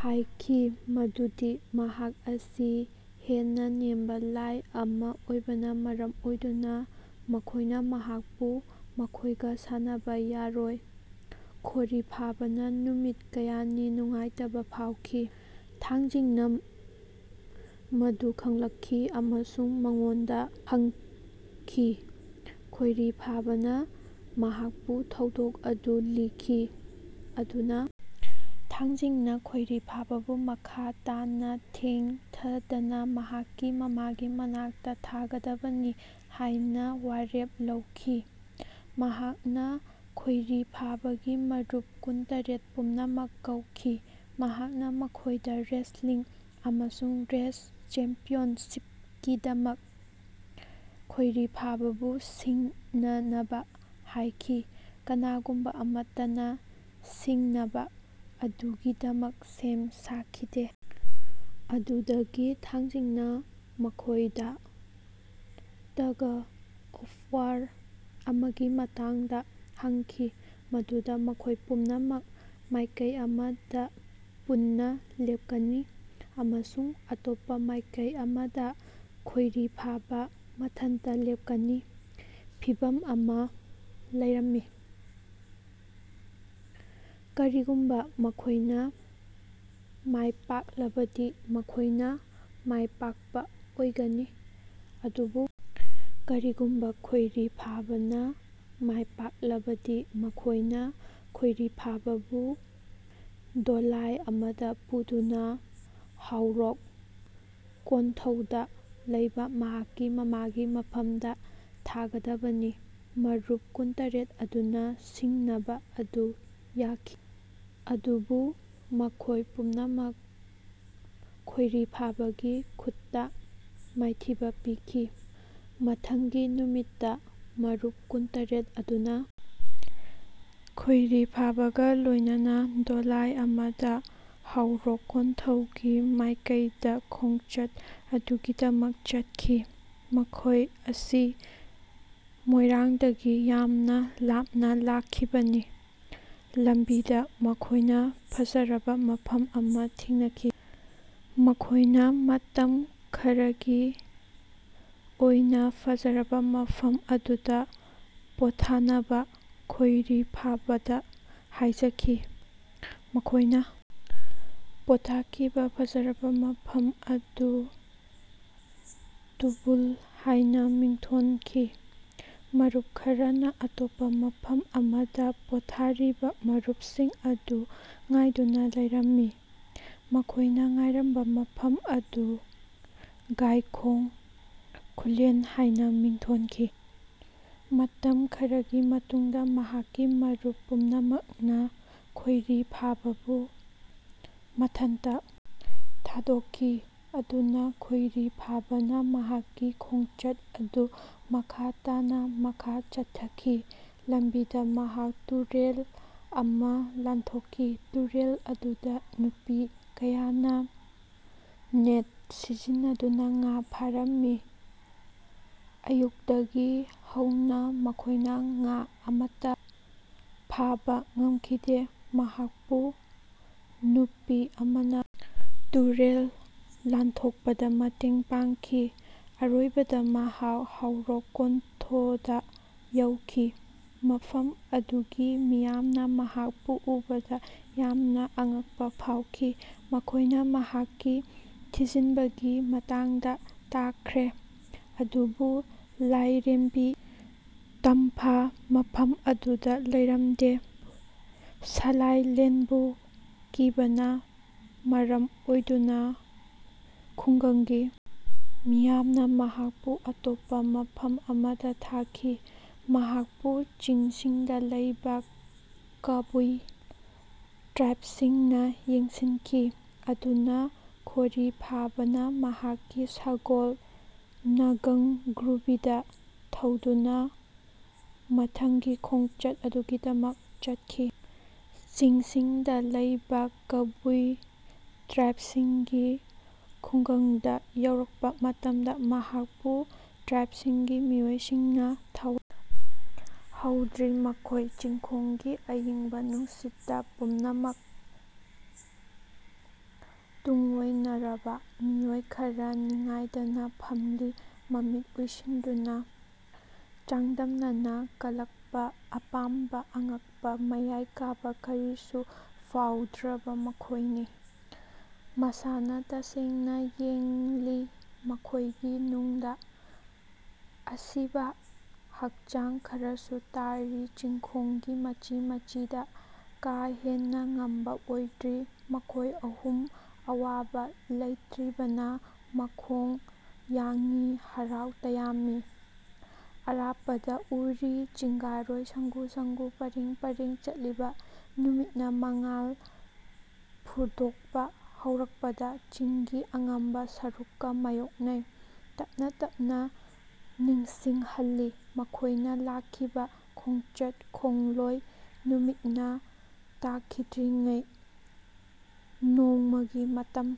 ꯍꯥꯏꯈꯤ ꯃꯗꯨꯗꯤ ꯃꯍꯥꯛ ꯑꯁꯤ ꯍꯦꯟꯅ ꯅꯦꯝꯕ ꯂꯥꯏ ꯑꯃ ꯑꯣꯏꯕꯅ ꯃꯔꯝ ꯑꯣꯏꯗꯨꯅ ꯃꯈꯣꯏꯅ ꯃꯍꯥꯛꯄꯨ ꯃꯈꯣꯏꯒ ꯁꯥꯟꯅꯕ ꯌꯥꯔꯣꯏ꯫ ꯈꯣꯔꯤꯐꯥꯕꯥꯅ ꯅꯨꯃꯤꯠ ꯀꯌꯥꯅꯤ ꯅꯨꯡꯉꯥꯏꯇꯕ ꯐꯥꯎꯈꯤ꯫ ꯊꯥꯡꯖꯤꯡꯅ ꯃꯗꯨ ꯈꯪꯂꯛꯈꯤ ꯑꯃꯁꯨꯡ ꯃꯉꯣꯟꯗ ꯍꯪꯈꯤ꯫ ꯈꯣꯏꯔꯤꯐꯥꯕꯥꯅ ꯃꯍꯥꯛꯄꯨ ꯊꯧꯗꯣꯛ ꯑꯗꯨ ꯂꯤꯈꯤ꯫ ꯑꯗꯨꯅ ꯊꯥꯡꯖꯤꯡꯅ ꯈꯣꯏꯔꯤꯐꯥꯕꯥꯕꯨ ꯃꯈꯥ ꯇꯥꯅ ꯊꯦꯡꯊꯗꯅ ꯃꯍꯥꯛꯀꯤ ꯃꯃꯥꯒꯤ ꯃꯅꯥꯛꯇ ꯊꯥꯒꯗꯕꯅꯤ ꯍꯥꯏꯅ ꯋꯥꯔꯦꯞ ꯂꯧꯈꯤ꯫ ꯃꯍꯥꯛꯅ ꯈꯣꯏꯔꯤꯐꯥꯕꯥꯒꯤ ꯃꯔꯨꯞ ꯀꯨꯟꯇꯔꯦꯠ ꯄꯨꯝꯅꯃꯛ ꯀꯧꯈꯤ꯫ ꯃꯍꯥꯛꯅ ꯃꯈꯣꯏꯗ ꯔꯦꯁꯠꯂꯤꯡ ꯑꯃꯁꯨꯡ ꯔꯦꯁ ꯆꯦꯝꯄꯤꯌꯟꯁꯤꯞꯀꯤꯗꯃꯛ ꯈꯣꯏꯔꯤꯐꯥꯕꯥꯕꯨ ꯁꯤꯡꯅꯅꯕ ꯍꯥꯏꯈꯤ꯫ ꯀꯅꯥꯒꯨꯝꯕ ꯑꯃꯠꯇꯅ ꯁꯤꯡꯅꯕ ꯑꯗꯨꯒꯤꯗꯃꯛ ꯁꯦꯝ ꯁꯥꯈꯤꯗꯦ꯫ ꯑꯗꯨꯗꯒꯤ ꯊꯥꯡꯖꯤꯡꯅ ꯃꯈꯣꯏꯗ ꯇꯒ ꯑꯣꯐ ꯋꯥꯔ ꯑꯃꯒꯤ ꯃꯇꯥꯡꯗ ꯍꯪꯈꯤ ꯃꯗꯨꯗ ꯃꯈꯣꯏ ꯄꯨꯝꯅꯃꯛ ꯃꯥꯏꯀꯩ ꯑꯃꯗ ꯄꯨꯟꯅ ꯂꯦꯞꯀꯅꯤ ꯑꯃꯁꯨꯡ ꯑꯇꯣꯞꯄ ꯃꯥꯏꯀꯩ ꯑꯃꯗ ꯈꯣꯏꯔꯤꯐꯥꯕꯥ ꯃꯊꯟꯇ ꯂꯦꯞꯀꯅꯤ꯫ ꯐꯤꯚꯝ ꯑꯃ ꯂꯩꯔꯝꯃꯤ꯫ ꯀꯔꯤꯒꯨꯝꯕ ꯃꯈꯣꯏꯅ ꯃꯥꯏꯄꯥꯛꯂꯕꯗꯤ ꯃꯈꯣꯏꯅ ꯃꯥꯏꯄꯥꯛꯄ ꯑꯣꯏꯒꯅꯤ꯫ ꯑꯗꯨꯕꯨ ꯀꯔꯤꯒꯨꯝꯕ ꯈꯣꯏꯔꯤꯐꯥꯕꯥꯅ ꯃꯥꯏꯄꯥꯛꯂꯕꯗꯤ ꯃꯈꯣꯏꯅ ꯈꯣꯏꯔꯤꯐꯥꯕꯥꯕꯨ ꯗꯣꯂꯥꯏ ꯑꯃꯗ ꯄꯨꯗꯨꯅ ꯍꯥꯎꯔꯣꯛ ꯀꯣꯟꯊꯧꯗ ꯂꯩꯕ ꯃꯍꯥꯛꯀꯤ ꯃꯃꯥꯒꯤ ꯃꯐꯝꯗ ꯊꯥꯒꯗꯕꯅꯤ꯫ ꯃꯔꯨꯞ ꯀꯨꯟꯇꯔꯦꯠ ꯑꯗꯨꯅ ꯁꯤꯡꯅꯕ ꯑꯗꯨ ꯌꯥꯈꯤ꯫ ꯑꯗꯨꯕꯨ ꯃꯈꯣꯏ ꯄꯨꯝꯅꯃꯛ ꯈꯣꯏꯔꯤꯐꯥꯕꯥꯒꯤ ꯈꯨꯠꯇ ꯃꯥꯏꯊꯤꯕ ꯄꯤꯈꯤ꯫ ꯃꯊꯪꯒꯤ ꯅꯨꯃꯤꯠꯇ ꯃꯔꯨꯞ ꯀꯨꯟꯇꯔꯦꯠ ꯑꯗꯨꯅ ꯈꯣꯏꯔꯤꯐꯥꯕꯥꯒ ꯂꯣꯏꯅꯅ ꯗꯣꯂꯥꯏ ꯑꯃꯗ ꯍꯥꯎꯔꯣꯛ ꯀꯣꯟꯊꯧꯒꯤ ꯃꯥꯏꯀꯩꯗ ꯈꯣꯡꯆꯠ ꯑꯗꯨꯒꯤꯗꯃꯛ ꯆꯠꯈꯤ꯫ ꯃꯈꯣꯏ ꯑꯁꯤ ꯃꯣꯏꯔꯥꯡꯗꯒꯤ ꯌꯥꯝꯅ ꯂꯥꯞꯅ ꯂꯥꯛꯈꯤꯕꯅꯤ꯫ ꯂꯝꯕꯤꯗ ꯃꯈꯣꯏꯅ ꯐꯖꯔꯕ ꯃꯐꯝ ꯑꯃ ꯊꯦꯡꯅꯈꯤ꯫ ꯃꯈꯣꯏꯅ ꯃꯇꯝ ꯈꯔꯒꯤ ꯑꯣꯏꯅ ꯐꯖꯔꯕ ꯃꯐꯝ ꯑꯗꯨꯗ ꯄꯣꯊꯥꯅꯕ ꯈꯣꯏꯔꯤꯐꯥꯕꯥꯗ ꯍꯥꯏꯖꯈꯤ꯫ ꯃꯈꯣꯏꯅ ꯄꯣꯊꯥꯈꯤꯕ ꯐꯖꯔꯕ ꯃꯐꯝ ꯑꯗꯨ ꯇꯨꯕꯨꯜ ꯍꯥꯏꯅ ꯃꯤꯡꯊꯣꯟꯈꯤ꯫ ꯃꯔꯨꯞ ꯈꯔꯅ ꯑꯇꯣꯞꯄ ꯃꯐꯝ ꯑꯃꯗ ꯄꯣꯊꯥꯔꯤꯕ ꯃꯔꯨꯞꯁꯤꯡ ꯑꯗꯨ ꯉꯥꯏꯗꯨꯅ ꯂꯩꯔꯝꯃꯤ꯫ ꯃꯈꯣꯏꯅ ꯉꯥꯏꯔꯝꯕ ꯃꯐꯝ ꯑꯗꯨ ꯒꯥꯏꯈꯣꯡ ꯈꯨꯜꯂꯦꯟ ꯍꯥꯏꯅ ꯃꯤꯡꯊꯣꯟꯈꯤ꯫ ꯃꯇꯝ ꯈꯔꯒꯤ ꯃꯇꯨꯡꯗ ꯃꯍꯥꯛꯀꯤ ꯃꯔꯨꯞ ꯄꯨꯝꯅꯃꯛꯅ ꯈꯣꯏꯔꯤꯐꯥꯕꯥꯕꯨ ꯃꯊꯟꯇ ꯊꯥꯗꯣꯛꯈꯤ꯫ ꯑꯗꯨꯅ ꯈꯣꯏꯔꯤꯐꯥꯕꯥꯅ ꯃꯍꯥꯛꯀꯤ ꯈꯣꯡꯆꯠ ꯑꯗꯨ ꯃꯈꯥ ꯇꯥꯅ ꯃꯈꯥ ꯆꯠꯊꯈꯤ꯫ ꯂꯝꯕꯤꯗ ꯃꯍꯥꯛ ꯇꯨꯔꯦꯜ ꯑꯃ ꯂꯥꯟꯊꯣꯛꯈꯤ꯫ ꯇꯨꯔꯦꯜ ꯑꯗꯨꯗ ꯅꯨꯄꯤ ꯀꯌꯥꯅ ꯅꯦꯠ ꯁꯤꯖꯤꯟꯅꯗꯨꯅ ꯉꯥ ꯐꯥꯔꯝꯃꯤ꯫ ꯑꯌꯨꯛꯇꯒꯤ ꯍꯧꯅ ꯃꯈꯣꯏꯅ ꯉꯥ ꯑꯃꯠꯇ ꯐꯥꯕ ꯉꯝꯈꯤꯗꯦ꯫ ꯃꯍꯥꯛꯄꯨ ꯅꯨꯄꯤ ꯑꯃꯅ ꯇꯨꯔꯦꯜ ꯂꯥꯟꯊꯣꯛꯄꯗ ꯃꯇꯦꯡ ꯄꯥꯡꯈꯤ꯫ ꯑꯔꯣꯏꯕꯗ ꯃꯍꯥꯛ ꯍꯥꯎꯔꯣꯛ ꯀꯣꯟꯊꯣꯗ ꯌꯧꯈꯤ꯫ ꯃꯐꯝ ꯑꯗꯨꯒꯤ ꯃꯤꯌꯥꯝꯅ ꯃꯍꯥꯛꯄꯨ ꯎꯕꯗ ꯌꯥꯝꯅ ꯑꯉꯛꯄ ꯐꯥꯎꯈꯤ꯫ ꯃꯈꯣꯏꯅ ꯃꯍꯥꯛꯀꯤ ꯊꯤꯖꯤꯟꯕꯒꯤ ꯃꯇꯥꯡꯗ ꯇꯥꯈ꯭ꯔꯦ꯫ ꯑꯗꯨꯕꯨ ꯂꯥꯏꯔꯦꯝꯕꯤ ꯇꯝꯐꯥ ꯃꯐꯝ ꯑꯗꯨꯗ ꯂꯩꯔꯝꯗꯦ꯫ ꯁꯥꯂꯥꯏꯂꯦꯟꯕꯨ ꯀꯤꯕꯅ ꯃꯔꯝ ꯑꯣꯏꯗꯨꯅ ꯈꯨꯡꯒꯪꯒꯤ ꯃꯤꯌꯥꯝꯅ ꯃꯍꯥꯛꯄꯨ ꯑꯇꯣꯞꯄ ꯃꯐꯝ ꯑꯃꯗ ꯊꯥꯈꯤ꯫ ꯃꯍꯥꯛꯄꯨ ꯆꯤꯡꯁꯤꯡꯗ ꯂꯩꯕ ꯀꯥꯕꯨꯏ ꯇ꯭ꯔꯥꯏꯕꯁꯤꯡꯅ ꯌꯦꯡꯁꯤꯟꯈꯤ꯫ ꯑꯗꯨꯅ ꯈꯣꯔꯤꯐꯥꯕꯥꯅ ꯃꯍꯥꯛꯀꯤ ꯁꯒꯣꯜ ꯅꯒꯪꯒ꯭ꯔꯨꯕꯤꯗ ꯊꯧꯗꯨꯅ ꯃꯊꯪꯒꯤ ꯈꯣꯡꯆꯠ ꯑꯗꯨꯒꯤꯗꯃꯛ ꯆꯠꯈꯤ꯫ ꯆꯤꯡꯁꯤꯡꯗ ꯂꯩꯕ ꯀꯕꯨꯏ ꯇ꯭ꯔꯥꯏꯕꯁꯤꯡꯒꯤ ꯈꯨꯡꯒꯪꯗ ꯌꯧꯔꯛꯄ ꯃꯇꯝꯗ ꯃꯍꯥꯛꯄꯨ ꯇ꯭ꯔꯥꯏꯕꯁꯤꯡꯒꯤ ꯃꯤꯑꯣꯏꯁꯤꯡꯅ ꯊꯋꯥꯏ ꯍꯧꯗ꯭ꯔꯤ ꯃꯈꯣꯏ꯫ ꯆꯤꯡꯈꯣꯡꯒꯤ ꯑꯏꯪꯕ ꯅꯨꯡꯁꯤꯠꯇ ꯄꯨꯝꯅꯃꯛ ꯇꯨꯡꯑꯣꯏꯅꯔꯕ ꯃꯤꯑꯣꯏ ꯈꯔ ꯅꯤꯡꯉꯥꯏꯗꯅ ꯐꯝꯂꯤ ꯃꯃꯤꯠ ꯎꯏꯁꯤꯟꯗꯨꯅ꯫ ꯆꯥꯡꯗꯝꯅꯅ ꯀꯜꯂꯛꯄ ꯑꯄꯥꯝꯕ ꯑꯉꯛꯄ ꯃꯌꯥꯏ ꯀꯥꯕ ꯀꯔꯤꯁꯨ ꯐꯥꯎꯗ꯭ꯔꯕ ꯃꯈꯣꯏꯅꯤ꯫ ꯃꯁꯥꯅ ꯇꯁꯦꯡꯅ ꯌꯦꯡꯂꯤ ꯃꯈꯣꯏꯒꯤ ꯅꯨꯡꯗ꯫ ꯑꯁꯤꯕ ꯍꯛꯆꯥꯡ ꯈꯔꯁꯨ ꯇꯥꯔꯤ ꯆꯤꯡꯈꯣꯡꯒꯤ ꯃꯆꯤ ꯃꯆꯤꯗ꯫ ꯀꯥ ꯍꯦꯟꯅ ꯉꯝꯕ ꯑꯣꯏꯗ꯭ꯔꯤ꯫ ꯃꯈꯣꯏ ꯑꯍꯨꯝ ꯑꯋꯥꯕ ꯂꯩꯇ꯭ꯔꯤꯕꯅ ꯃꯈꯣꯡ ꯌꯥꯡꯏ ꯍꯔꯥꯎ ꯇꯌꯥꯝꯃꯤ꯫ ꯑꯔꯥꯞꯄꯗ ꯎꯔꯤ ꯆꯤꯡꯒꯥꯔꯣꯏ ꯁꯪꯒꯨ ꯁꯪꯒꯨ ꯄꯔꯦꯡ ꯄꯔꯦꯡ ꯆꯠꯂꯤꯕ꯫ ꯅꯨꯃꯤꯠꯅ ꯃꯉꯥꯜ ꯐꯨꯗꯣꯛꯄ ꯍꯧꯔꯛꯄꯗ ꯆꯤꯡꯒꯤ ꯑꯉꯝꯕ ꯁꯔꯨꯛꯀ ꯃꯥꯏꯑꯣꯛꯅꯩ꯫ ꯇꯞꯅ ꯇꯞꯅ ꯅꯤꯡꯁꯤꯡꯍꯜꯂꯤ ꯃꯈꯣꯏꯅ ꯂꯥꯛꯈꯤꯕ ꯈꯣꯡꯆꯠ ꯈꯣꯡꯂꯣꯏ ꯅꯨꯃꯤꯠꯅ ꯇꯥꯈꯤꯗ꯭ꯔꯤꯉꯩ ꯅꯣꯡꯃꯒꯤ ꯃꯇꯝ꯫